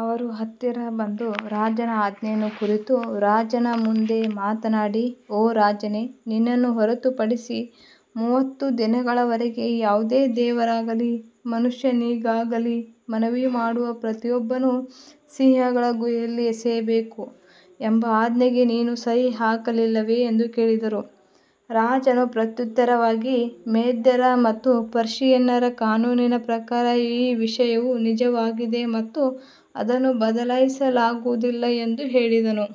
ಅವರು ಹತ್ತಿರ ಬಂದು ರಾಜನ ಆಜ್ಞೆಯನ್ನು ಕುರಿತು ರಾಜನ ಮುಂದೆ ಮಾತನಾಡಿ, ಓ ರಾಜನೇ, ನಿನ್ನನ್ನು ಹೊರತುಪಡಿಸಿ ಮೂವತ್ತು ದಿನಗಳವರೆಗೆ ಯಾವುದೇ ದೇವರಿಗಾಗಲಿ ಮನುಷ್ಯನಿಗಾಗಲಿ ಮನವಿ ಮಾಡುವ ಪ್ರತಿಯೊಬ್ಬನನ್ನೂ ಸಿಂಹಗಳ ಗುಹೆಯಲ್ಲಿ ಎಸೆಯಬೇಕು ಎಂಬ ಆಜ್ಞೆಗೆ ನೀನು ಸಹಿ ಹಾಕಲಿಲ್ಲವೇ ಎಂದು ಕೇಳಿದರು. ರಾಜನು ಪ್ರತ್ಯುತ್ತರವಾಗಿ, ಮೇದ್ಯರ ಮತ್ತು ಪರ್ಷಿಯನ್ನರ ಕಾನೂನಿನ ಪ್ರಕಾರ ಈ ವಿಷಯವು ನಿಜವಾಗಿದೆ ಮತ್ತು ಅದನ್ನು ಬದಲಾಯಿಸಲಾಗುವುದಿಲ್ಲ ಎಂದು ಹೇಳಿದನು.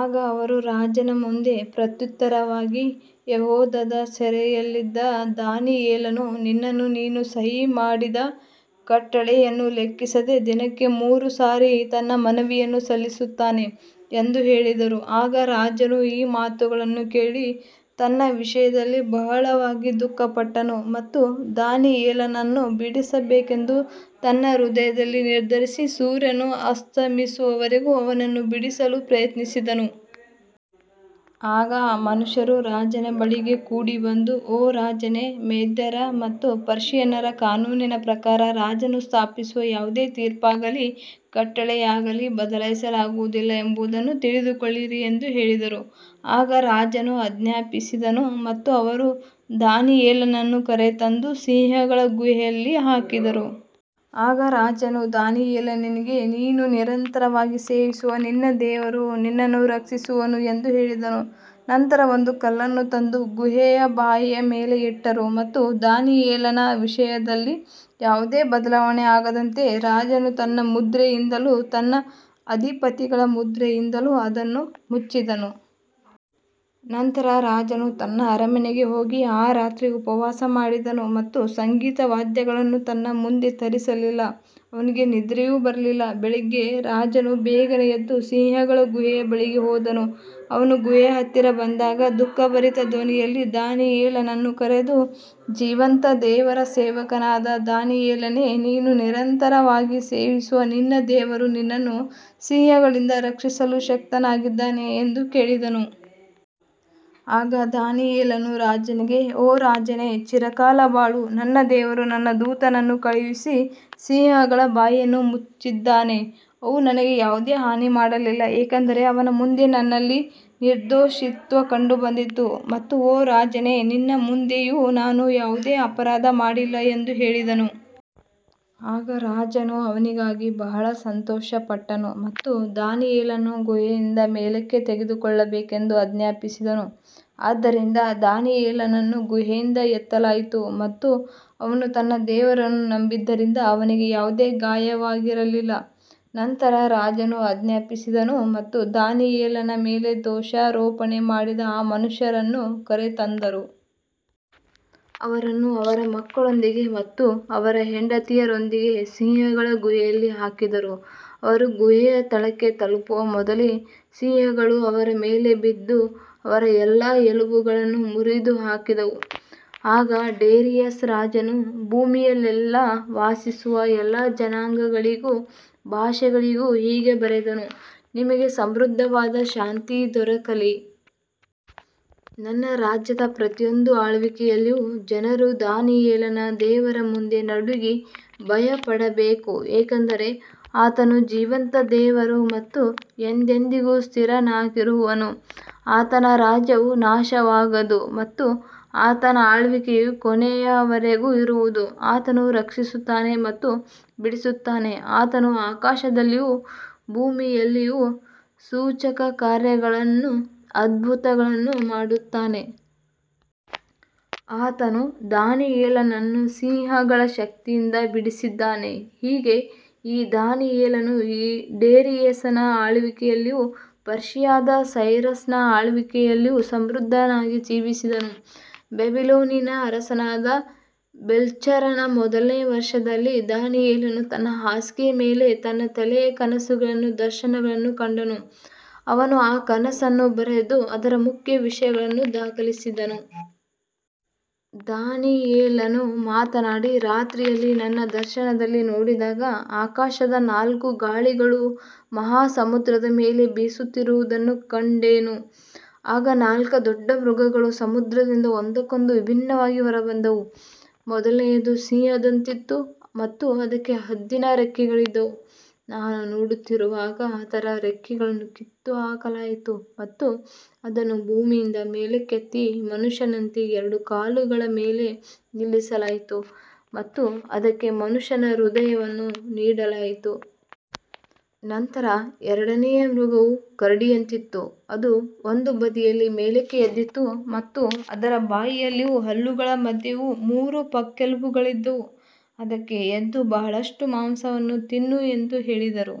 ಆಗ ಅವರು ರಾಜನ ಮುಂದೆ ಪ್ರತ್ಯುತ್ತರವಾಗಿ, ಯೆಹೂದದ ಸೆರೆಯಲ್ಲಿದ್ದ ದಾನಿಯೇಲನು ನಿನ್ನನ್ನೂ ನೀನು ಸಹಿ ಮಾಡಿದ ಕಟ್ಟಳೆಯನ್ನೂ ಲೆಕ್ಕಿಸದೆ ದಿನಕ್ಕೆ ಮೂರು ಸಾರಿ ತನ್ನ ಮನವಿಯನ್ನು ಸಲ್ಲಿಸುತ್ತಾನೆ ಎಂದು ಹೇಳಿದರು. ಆಗ ರಾಜನು ಈ ಮಾತುಗಳನ್ನು ಕೇಳಿ ತನ್ನ ವಿಷಯದಲ್ಲಿ ಬಹಳವಾಗಿ ದುಃಖಪಟ್ಟನು ಮತ್ತು ದಾನಿಯೇಲನನ್ನು ಬಿಡಿಸಬೇಕೆಂದು ತನ್ನ ಹೃದಯದಲ್ಲಿ ನಿರ್ಧರಿಸಿ, ಸೂರ್ಯನು ಅಸ್ತಮಿಸುವವರೆಗೂ ಅವನನ್ನು ಬಿಡಿಸಲು ಪ್ರಯತ್ನಿಸಿದನು. ಆಗ ಆ ಮನುಷ್ಯರು ರಾಜನ ಬಳಿಗೆ ಕೂಡಿಬಂದು, ಓ ರಾಜನೇ, ಮೇದ್ಯರ ಮತ್ತು ಪರ್ಷಿಯನ್ನರ ಕಾನೂನಿನ ಪ್ರಕಾರ ರಾಜನು ಸ್ಥಾಪಿಸುವ ಯಾವುದೇ ತೀರ್ಪಾಗಲಿ ಕಟ್ಟಳೆಯಾಗಲಿ ಬದಲಾಯಿಸಲಾಗುವುದಿಲ್ಲ ಎಂಬುದನ್ನು ತಿಳಿದುಕೊಳ್ಳಿರಿ ಎಂದು ಹೇಳಿದರು. ಆಗ ರಾಜನು ಆಜ್ಞಾಪಿಸಿದನು ಮತ್ತು ಅವರು ದಾನಿಯೇಲನನ್ನು ಕರೆತಂದು ಸಿಂಹಗಳ ಗುಹೆಯಲ್ಲಿ ಹಾಕಿದರು. ಆಗ ರಾಜನು ದಾನಿಯೇಲನಿಗೆ, ನೀನು ನಿರಂತರವಾಗಿ ಸೇವಿಸುವ ನಿನ್ನ ದೇವರು ನಿನ್ನನ್ನು ರಕ್ಷಿಸುವನು ಎಂದು ಹೇಳಿದನು. ನಂತರ ಒಂದು ಕಲ್ಲನ್ನು ತಂದು ಗುಹೆಯ ಬಾಯಿಯ ಮೇಲೆ ಇಟ್ಟರು ಮತ್ತು ದಾನಿಯೇಲನ ವಿಷಯದಲ್ಲಿ ಯಾವುದೇ ಬದಲಾವಣೆ ಆಗದಂತೆ ರಾಜನು ತನ್ನ ಮುದ್ರೆಯಿಂದಲೂ ತನ್ನ ಅಧಿಪತಿಗಳ ಮುದ್ರೆಯಿಂದಲೂ ಅದನ್ನು ಮುಚ್ಚಿದನು. ನಂತರ ರಾಜನು ತನ್ನ ಅರಮನೆಗೆ ಹೋಗಿ ಆ ರಾತ್ರಿ ಉಪವಾಸ ಮಾಡಿದನು ಮತ್ತು ಸಂಗೀತ ವಾದ್ಯಗಳನ್ನು ತನ್ನ ಮುಂದೆ ತರಿಸಲಿಲ್ಲ, ಅವನಿಗೆ ನಿದ್ರೆಯೂ ಬರಲಿಲ್ಲ. ಬೆಳಿಗ್ಗೆ ರಾಜನು ಬೇಗನೆ ಎದ್ದು ಸಿಂಹಗಳ ಗುಹೆಯ ಬಳಿಗೆ ಹೋದನು. ಅವನು ಗುಹೆಯ ಹತ್ತಿರ ಬಂದಾಗ ದುಃಖಭರಿತ ಧ್ವನಿಯಲ್ಲಿ ದಾನಿಯೇಲನನ್ನು ಕರೆದು, ಜೀವಂತ ದೇವರ ಸೇವಕನಾದ ದಾನಿಯೇಲನೇ, ನೀನು ನಿರಂತರವಾಗಿ ಸೇವಿಸುವ ನಿನ್ನ ದೇವರು ನಿನ್ನನ್ನು ಸಿಂಹಗಳಿಂದ ರಕ್ಷಿಸಲು ಶಕ್ತನಾಗಿದ್ದಾನೆಯೇ ಎಂದು ಕೇಳಿದನು. ಆಗ ದಾನಿಯೇಲನು ರಾಜನಿಗೆ, ಓ ರಾಜನೇ, ಚಿರಕಾಲ ಬಾಳು. ನನ್ನ ದೇವರು ತನ್ನ ದೂತನನ್ನು ಕಳುಹಿಸಿ ಸಿಂಹಗಳ ಬಾಯಿಯನ್ನು ಮುಚ್ಚಿದ್ದಾನೆ. ಅವು ನನಗೆ ಯಾವುದೇ ಹಾನಿ ಮಾಡಲಿಲ್ಲ, ಏಕೆಂದರೆ ಅವನ ಮುಂದೆ ನನ್ನಲ್ಲಿ ನಿರ್ದೋಷಿತ್ವ ಕಂಡುಬಂದಿತು ಮತ್ತು ಓ ರಾಜನೇ, ನಿನ್ನ ಮುಂದೆಯೂ ನಾನು ಯಾವುದೇ ಅಪರಾಧ ಮಾಡಿಲ್ಲ ಎಂದು ಹೇಳಿದನು. ಆಗ ರಾಜನು ಅವನಿಗಾಗಿ ಬಹಳ ಸಂತೋಷಪಟ್ಟನು ಮತ್ತು ದಾನಿಯೇಲನನ್ನು ಗುಹೆಯಿಂದ ಮೇಲಕ್ಕೆ ತೆಗೆದುಕೊಳ್ಳಬೇಕೆಂದು ಆಜ್ಞಾಪಿಸಿದನು. ಆದ್ದರಿಂದ ದಾನಿಯೇಲನನ್ನು ಗುಹೆಯಿಂದ ಎತ್ತಲಾಯಿತು ಮತ್ತು ಅವನು ತನ್ನ ದೇವರನ್ನು ನಂಬಿದ್ದರಿಂದ ಅವನಿಗೆ ಯಾವುದೇ ಗಾಯವಾಗಿರಲಿಲ್ಲ. ನಂತರ ರಾಜನು ಆಜ್ಞಾಪಿಸಿದನು ಮತ್ತು ದಾನಿಯೇಲನ ಮೇಲೆ ದೋಷಾರೋಪಣೆ ಮಾಡಿದ ಆ ಮನುಷ್ಯರನ್ನು ಕರೆತಂದರು. ಅವರನ್ನು ಅವರ ಮಕ್ಕಳೊಂದಿಗೆ ಮತ್ತು ಅವರ ಹೆಂಡತಿಯರೊಂದಿಗೆ ಸಿಂಹಗಳ ಗುಹೆಯಲ್ಲಿ ಹಾಕಿದರು. ಅವರು ಗುಹೆಯ ತಳಕ್ಕೆ ತಲುಪುವ ಮೊದಲೇ ಸಿಂಹಗಳು ಅವರ ಮೇಲೆ ಬಿದ್ದು ಅವರ ಎಲ್ಲಾ ಎಲುಬುಗಳನ್ನು ಮುರಿದುಹಾಕಿದವು. ಆಗ ಡೇರಿಯಸ್ ರಾಜನು ಭೂಮಿಯಲ್ಲೆಲ್ಲಾ ವಾಸಿಸುವ ಎಲ್ಲಾ ಜನಾಂಗಗಳಿಗೂ ಭಾಷೆಗಳಿಗೂ ಹೀಗೆ ಬರೆದನು, ನಿಮಗೆ ಸಮೃದ್ಧವಾದ ಶಾಂತಿ ದೊರಕಲಿ. ನನ್ನ ರಾಜ್ಯದ ಪ್ರತಿಯೊಂದು ಆಳ್ವಿಕೆಯಲ್ಲಿಯೂ ಜನರು ದಾನಿಯೇಲನ ದೇವರ ಮುಂದೆ ನಡುಗಿ ಭಯಪಡಬೇಕು, ಏಕೆಂದರೆ ಆತನು ಜೀವಂತ ದೇವರು ಮತ್ತು ಎಂದೆಂದಿಗೂ ಸ್ಥಿರನಾಗಿರುವನು, ಆತನ ರಾಜ್ಯವು ನಾಶವಾಗದು ಮತ್ತು ಆತನ ಆಳ್ವಿಕೆಯು ಕೊನೆಯವರೆಗೂ ಇರುವುದು. ಆತನು ರಕ್ಷಿಸುತ್ತಾನೆ ಮತ್ತು ಬಿಡಿಸುತ್ತಾನೆ, ಆತನು ಆಕಾಶದಲ್ಲಿಯೂ ಭೂಮಿಯಲ್ಲಿಯೂ ಸೂಚಕಕಾರ್ಯಗಳನ್ನೂ ಅದ್ಭುತಗಳನ್ನೂ ಮಾಡುತ್ತಾನೆ. ಆತನು ದಾನಿಯೇಲನನ್ನು ಸಿಂಹಗಳ ಶಕ್ತಿಯಿಂದ ಬಿಡಿಸಿದ್ದಾನೆ. ಹೀಗೆ ಈ ದಾನಿಯೇಲನು ಡೇರಿಯಸನ ಆಳ್ವಿಕೆಯಲ್ಲಿಯೂ ಪರ್ಷಿಯಾದ ಸೈರಸನ ಆಳ್ವಿಕೆಯಲ್ಲಿಯೂ ಸಮೃದ್ಧನಾಗಿ ಜೀವಿಸಿದನು. ಬಾಬಿಲೋನಿನ ಅರಸನಾದ ಬೆಲ್ಶಚ್ಚರನ ಮೊದಲನೆಯ ವರ್ಷದಲ್ಲಿ ದಾನಿಯೇಲನು ತನ್ನ ಹಾಸಿಗೆಯ ಮೇಲೆ ತನ್ನ ತಲೆಯ ಕನಸುಗಳನ್ನೂ ದರ್ಶನಗಳನ್ನೂ ಕಂಡನು. ಅವನು ಆ ಕನಸನ್ನು ಬರೆದು ಅದರ ಮುಖ್ಯ ವಿಷಯಗಳನ್ನು ದಾಖಲಿಸಿದನು. ದಾನಿಯೇಲನು ಮಾತನಾಡಿ, ರಾತ್ರಿಯಲ್ಲಿ ನನ್ನ ದರ್ಶನದಲ್ಲಿ ನೋಡಿದಾಗ, ಆಕಾಶದ ನಾಲ್ಕು ಗಾಳಿಗಳು ಮಹಾ ಸಮುದ್ರದ ಮೇಲೆ ಬೀಸುತ್ತಿರುವುದನ್ನು ಕಂಡೆನು. ಆಗ ನಾಲ್ಕು ದೊಡ್ಡ ಮೃಗಗಳು ಸಮುದ್ರದಿಂದ ಒಂದಕ್ಕೊಂದು ವಿಭಿನ್ನವಾಗಿ ಹೊರಬಂದವು. ಮೊದಲನೆಯದು ಸಿಂಹದಂತಿತ್ತು ಮತ್ತು ಅದಕ್ಕೆ ಹದ್ದಿನ ರೆಕ್ಕೆಗಳಿದ್ದವು. ನಾನು ನೋಡುತ್ತಿರುವಾಗ ಅದರ ರೆಕ್ಕೆಗಳನ್ನು ಕಿತ್ತುಹಾಕಲಾಯಿತು ಮತ್ತು ಅದನ್ನು ಭೂಮಿಯಿಂದ ಮೇಲಕ್ಕೆತ್ತಿ ಮನುಷ್ಯನಂತೆ ಎರಡು ಕಾಲುಗಳ ಮೇಲೆ ನಿಲ್ಲಿಸಲಾಯಿತು ಮತ್ತು ಅದಕ್ಕೆ ಮನುಷ್ಯನ ಹೃದಯವನ್ನು ನೀಡಲಾಯಿತು. ನಂತರ ಎರಡನೆಯ ಮೃಗವು ಕರಡಿಯಂತಿತ್ತು. ಅದು ಒಂದು ಬದಿಯಲ್ಲಿ ಮೇಲಕ್ಕೆ ಎದ್ದಿತ್ತು ಮತ್ತು ಅದರ ಬಾಯಿಯಲ್ಲಿಯೂ ಹಲ್ಲುಗಳ ಮಧ್ಯೆಯೂ ಮೂರು ಪಕ್ಕೆಲುಬುಗಳಿದ್ದವು. ಅದಕ್ಕೆ, ಎದ್ದು ಬಹಳಷ್ಟು ಮಾಂಸವನ್ನು ತಿನ್ನು ಎಂದು ಹೇಳಿದರು.